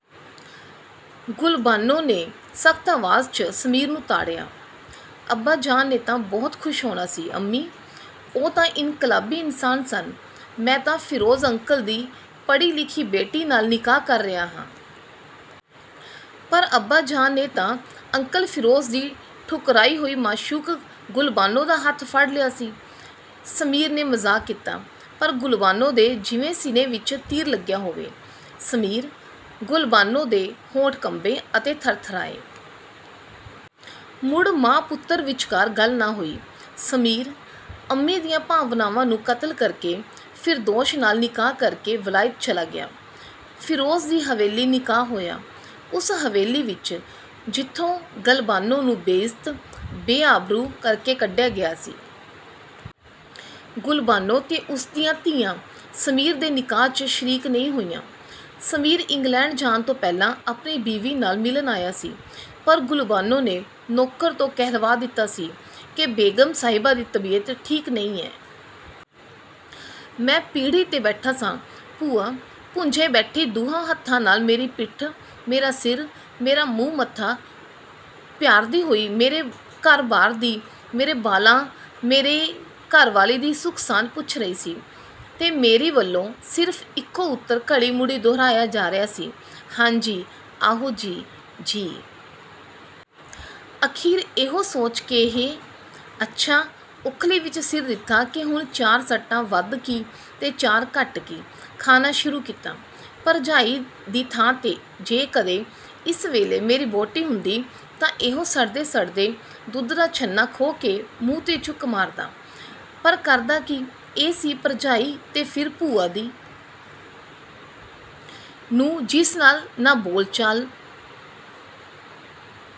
ਗੁਲਬਾਨੋ ਨੇ ਸਖਤ ਆਵਾਜ਼, ਚ' ਸਮੀਰ ਨੂੰ ਤਾੜਿਆ। "ਅੱਬਾਜਾਨ ਨੇ ਤਾਂ ਬਹੁਤ ਖੁਸ਼ ਹੋਣਾ ਸੀ ਅੰਮੀ"… ਉਹ ਤਾਂ ਇੰਨਕਲਾਬੀ ਇਨਸਾਨ ਸਨ। ਮੈਂ ਤਾਂ ਫਿਰੋਜ ਅੰਕਲ ਦੀ ਪੜ੍ਹੀ ਲਿਖੀ ਬੇਟੀ ਨਾਲ ਨਿਕਾਹ ਕਰ ਰਿਹਾਂ ਹਾਂ। ਪਰ ਅੱਬਾਜਾਨ ਨੇ ਤਾਂ ਅੰਕਲ ਫਿਰੋਜ਼ ਦੀ ਠੁਕਰਾਈ ਹੋਈ ਮਾਸ਼ੂਕ ਗੁਲਬਾਨੋ ਦਾ ਹੱਥ ਫੜ ਲਿਆਂ ਸੀ। ਸਮੀਰ ਨੇ ਮਜ਼ਾਕ ਕੀਤਾ। ਪਰ ਗੁਲਬਾਨੋ ਦੇ ਜਿਵੇਂ ਸੀਨੇ ਵਿੱਚ ਤੀਰ ਲੱਗਿਆ ਹੋਵੇ। "ਸਮੀਰ"… ਗੁਲਬਾਨੋ ਦੇ ਹੋਂਠ ਕੰਬੇ ਅਤੇ ਥਰਥਰਾਏ। ਮੁੜ, ਮਾਂ-ਪੁੱਤਰ ਵਿੱਚਕਾਰ ਗੱਲ ਨਾ ਹੋਈ। ਸਮੀਰ, ਅੰਮੀ ਦੀਆਂ ਭਾਵਨਾਵਾਂ ਨੂੰ ਕਤਲ ਕਰਕੇ ਫਿਰਦੌਸ਼ ਨਾਲ ਨਿਕਾਹ ਕਰਕੇ ਵਲਾਇਤ ਚਲਾ ਗਿਆ। ਫਿਰੋਜ਼ ਦੀ ਹਵੇਲੀ ਨਿਕਾਹ ਹੋਇਆ। ਉਸ ਹਵੇਲੀ ਵਿੱਚ ਜਿਥੋਂ ਗਲਬਾਨੋ ਨੂੰ ਬੇਇੱਜ਼ਤ, ਬੇਆਬਰੂ ਕਰਕੇ ਕੱਢਿਆ ਗਿਆ ਸੀ। ਗੁਲਬਾਨੋ ਤੇ ਉਸ ਦੀਆਂ ਧੀਆਂ ਸਮੀਰ ਦੇ ਨਿਕਾਹ, ਚ'ਸ਼ਰੀਕ ਨਹੀ ਹੋਈਆ। ਸਮੀਰ ਇੰਗਲੈਂਡ ਜਾਣ ਤੋਂ ਪਹਿਲਾਂ ਆਪਣੀ ਬੀਵੀ ਨਾਲ ਮਿਲਣ ਆਇਆ ਸੀ। ਪਰ ਗੁਲਬਾਨੋ ਨੇ ਨੌਕਰ ਤੋਂ ਕਹਿਲਵਾ ਦਿਤਾ ਸੀ ਕਿ ਬੇਗ਼ਮ ਸਾਹਿਬਾਂ ਦੀ ਤਬੀਅਤ ਠੀਕ ਨਹੀ ਏਂ। ਮੈਂ ਪੀਹੜੀ 'ਤੇ ਬੈਠਾ ਸਾਂ, ਭੂਆ ਭੁੰਜੇ ਬੈਠੀ ਦੁਹਾਂ ਹੱਥਾਂ ਨਾਲ ਮੇਰੀ ਪਿੱਠ, ਮੇਰਾ ਸਿਰ, ਮੇਰਾ ਮੂੰਹ ਮੱਥਾ ਪਿਆਰਦੀ ਹੋਈ ਮੇਰੇ ਘਰ ਬਾਰ ਦੀ, ਮੇਰੇ ਬਾਲਾਂ, ਮੇਰੀ ਘਰ ਵਾਲੀ ਦੀ ਸੁਖ ਸਾਂਦ ਪੁੱਛ ਰਹੀ ਸੀ ਤੇ ਮੇਰੀ ਵੱਲੋਂ ਸਿਰਫ ਇਕੋ ਉਤਰ ਘੜੀ ਮੁੜੀ ਦੁਹਰਾਇਆ ਜਾ ਰਿਹਾ ਸੀ, "ਹਾਂ ਜੀ, ਆਹੋ ਜੀ, ਜੀ। " ਅਖੀਰ ਇਹੋ ਸੋਚ ਕੇ ਹੇ ਹੱਛਾ, ਉਖਲੀ ਵਿਚ ਸਿਰ ਦਿੱਤਾ ਤਾਂ ਹੁਣ ਚਾਰ ਸੱਟਾਂ ਵੱਧ ਕੀ, ਤੇ ਚਾਰ ਘੱਟ ਕੀ, ਖਾਣਾ ਸ਼ੁਰੂ ਕੀਤਾ। ਭਰਜਾਈ ਦੀ ਥਾਂ ਤੇ ਜੇ ਕਦੇ ਇਸ ਵੇਲੇ ਮੇਰੀ ਵਹੁਟੀ ਹੁੰਦੀ ਤਾਂ ਇਹੋ ਸੜਦੇ ਸੜਦੇ ਦੁੱਧ ਦਾ ਛੰਨਾ ਖੋਹ ਕੇ ਮੂੰਹ ਤੇ ਚੁੱਕ ਮਾਰਦਾ, ਪਰ ਕਰਦਾ ਕੀ, ਇਹ ਸੀ ਭਰਜਾਈ ਤੇ ਫਿਰ ਭੂਆ ਦੀ.... ਨੂੰਹ ਜਿਸ ਨਾਲ ਨਾ ਬੋਲ ਨਾ ਚਾਲ।